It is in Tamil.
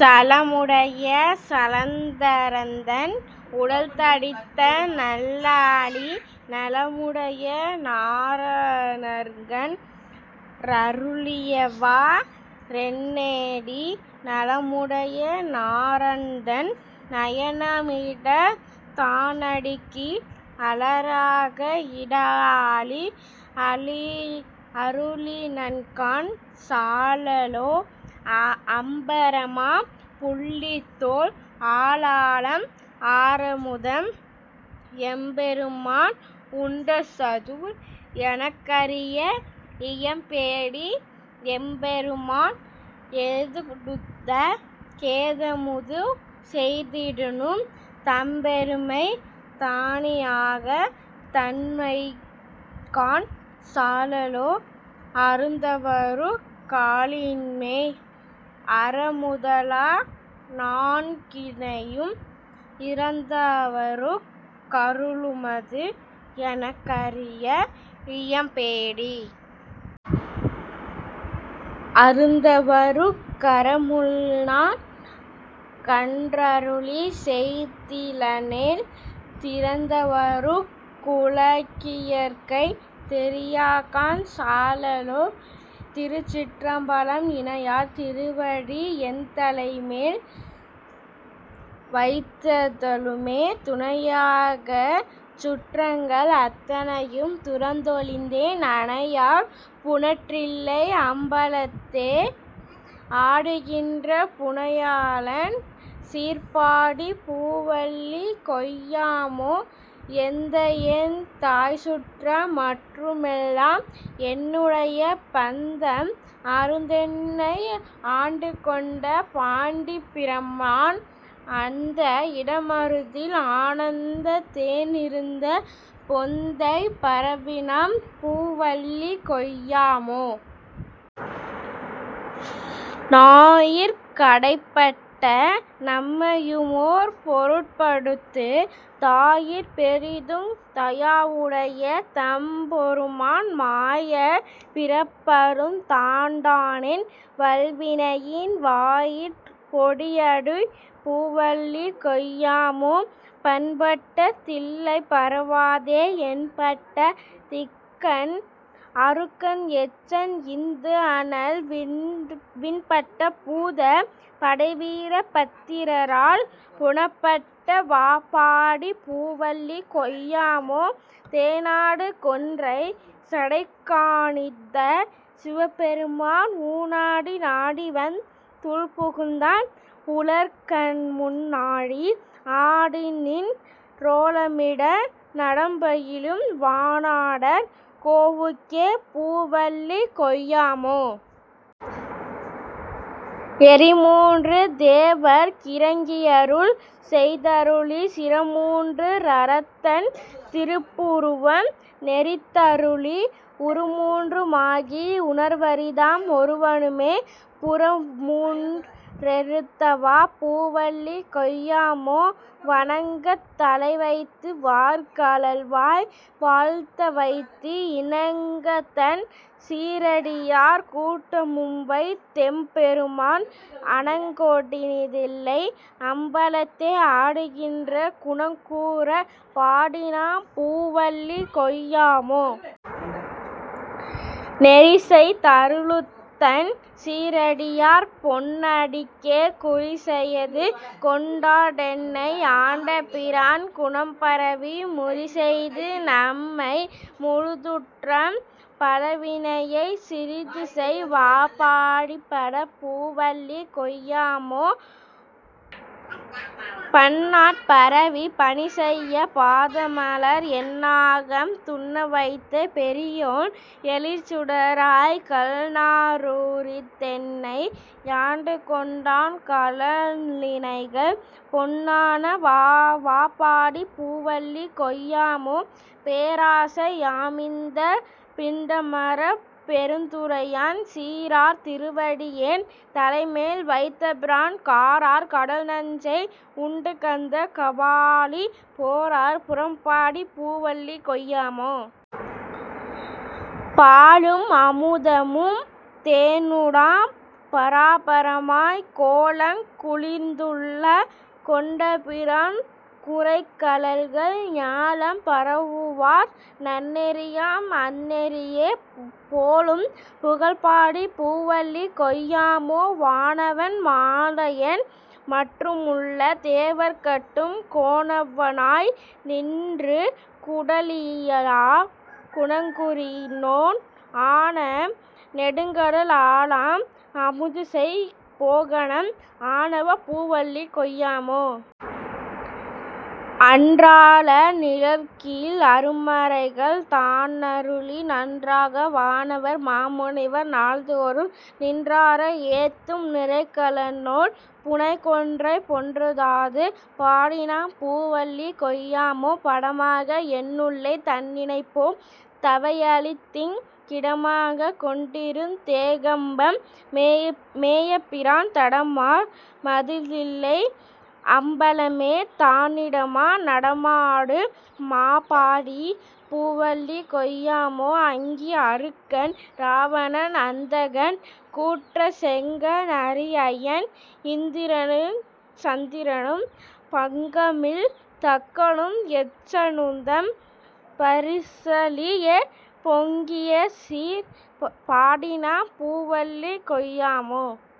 சலமுடைய சலந்தரன்தன் உடல்தடிஇத்த நல்லாழி நலமுடைய நாரணற்கன் றருளியவா றென்னேடீ? நலமுடைய நாரணன்தன் நயனம்இடந் தானடிக்கீழ் அலராக இடஆழி அருளினன்காண் சாழலோ. அம்பரமாம் புள்ளித்தோல் ஆலாலம் ஆரமுதம் எம்பெருமான் உண்டசதுர் எனக்கறிய இயம்பேடீ எம்பெருமான் ஏதுடுத்தங் கேதமுது செய்திடினும் தம்பெருமை தானறியாத் தன்மையன்காண் சாழலோ. அருந்தவருக் காலின்கீழ் அறமுதலா நான்கினையும் இருந்தவருக் கருளுமது எனக்கறிய இயம்பேடீ? அருந்தவருக் கறமுல்நான் கன்றருளிச் செய்திலனேல் திருந்தவருக் குலகியற்கை தெரியாகாண் சாழலோ. திருச்சிற்றம்பலம் இணையார் திருவடி என்தலைமேல் வைத்தலுமே துணையான சுற்றங்கள் அத்தனையும் துறந்தொழிந்தேன் அணையார் புனற்றில்லை அம்பலத்தே ஆடுகின்ற புணையாளன் சீர்பாடிப் பூவல்லி கொய்யாமோ. எந்தையெந் தாய்சுற்றம் மற்றுமெல்லாம் என்னுடைய பந்தம் அறுந்தென்னை ஆண்டுகொண்ட பாண்டிப்பிரான் அந்த இடைமருதில் ஆனந்தத் தேனிருந்த பொந்தைப் பரவிநாம் பூவல்லி கொய்யாமோ. நாயிற் கடைப்பட்ட நம்மையுமோர் பொருட்படுத்துத் தாயிற் பெரிதுங் தயாவுடைய தம்பொருமான் மாயப் பிறப்பறுந் தாண்டானென் வல்வினையின் வாயிற் பொடியட்டிப் பூவல்லி கொய்யாமோ. பண்பட்ட தில்லைப் பரவாதே எண்பட்ட தக்கன் அருக்கன் எச்சன் இந்துஅனல் விண்பட்ட பூதப் படைவீர பத்திரரால் புணப்பட்ட வாபாடிப் பூவல்லி கொய்யாமோ. தேனாடு கொன்றை சடைக்கணிந்த சிவபெருமான் ஊனாடி நாடிவந் துள்புகுந்தான் உலகர்முன்னே நானாடி ஆடிநின் றோலமிட நடம்பயிலும் வானாடர் கோவுக்கே பூவல்லி கொய்யாமோ. எரிமூன்று தேவர்க் கிரங்கியருள் செய்தருளிச் சிரமூன் றறத்தன் திருப்புருவம் நெரித்தருளி உருமூன்று மாகி உணர்வரிதாம் ஒருவனுமே புரமூன் றெரத்தவா பூவல்லி கொய்யாமோ. வணங்கத் தலை வைத்து வார்கழல்வாய் வாழ்த்தவைத்து இணங்தத்தன் சீரடியார் கூட்டமும்வைத் தெம்பெருமான் அணங்கொடணிதில்லை அம்பலத்தே ஆடுகின்ற குணங் கூரப் பாடிநாம் பூவல்லி கொய்யாமோ. நெறிசெய் தருலுத்தன் சீரடியார் பொன்னடிக்கே குறிசெயது கொண்டென்னை ஆண்டபிரான் குணம்பரவி முறிசெய்து நம்மை முழுதுடற்றும் பழவினையைக் கிறிசெய்த வாபாடிபட பூவல்லி கொய்யாமோ. பன்னாட் பரவிப் பணிசெய்யப் பாதமலர் என்ஆகம் துன்னவைத்த பெரியோன் எழிற்சுடராய்க் கல்நா ருரித்தென்னை யாண்டுகொண்டான் கழலிணைகள் பொன்னான வாபாடிப் பூவல்லி கொய்யாமோ. பேராசை யாமிந்தப் பிண்டமறப் பெருந்துறையான் சீரார் திருவடி யென் தலைமேல் வைத்தபிரான் காரார் கடல்நஞ்சை உண்டுகந்த காபாலி போரார் புறம்பாடிப் பூவல்லி கொய்யாமோ. பாலும் அமுதமுந் தேனுடனாம் பராபரமாய்க் கோலங் குளிர்ந்துள்ளங் கொண்டபிரான் குரைகழல்கள் ஞாலம் பரவுவார் நன்னெறியாம் அந்நெறியே போலும் புகழ்பாடிப் பூவல்லி கொய்யாமோ. வானவன் மாலயன் மற்றுமுள்ள தேவர்கட்கும் கோனவ னாய் நின்று கூடலிலாக் குணங்குறியோன் ஆன நெடுங்கடல் ஆலாம் அமுதுசெய்யப் போனகம் ஆனவா பூவல்லி கொய்யாமோ. அன்றால நீழற்கீழ் அருமறைகள் தானருளி நன்றாக வானவர் மாமுனிவர் நாள்தோறும் நின்றார ஏத்தும் நிறைகழலோள் புனைகொன்றைப் பொன்தாது பாடிநாம் பூவல்லி கொய்யாமோ. படமாக என்னுள்ளே தன்னிணைப்போ தவையளித்திங் கிடமாகக் கொண்டிருந் தேகம்பம் மேயபிரான் தடமார் மதில்தில்லை அம்பலமே தானிடமா நடமாடு மாபாடிப் பூவல்லி கொய்யாமோ. அங்கி அருக்கன் இராவணன் அந்தகன் கூற்றன் செங்கண் அரிஅயன் இந்திரனுஞ் சந்திரனும் பங்கமில் தக்கனும் எச்சனுந்தம் பரிசழியப் பொங்கியசீர் பாடிநாம் பூவல்லி கொய்யாமோ.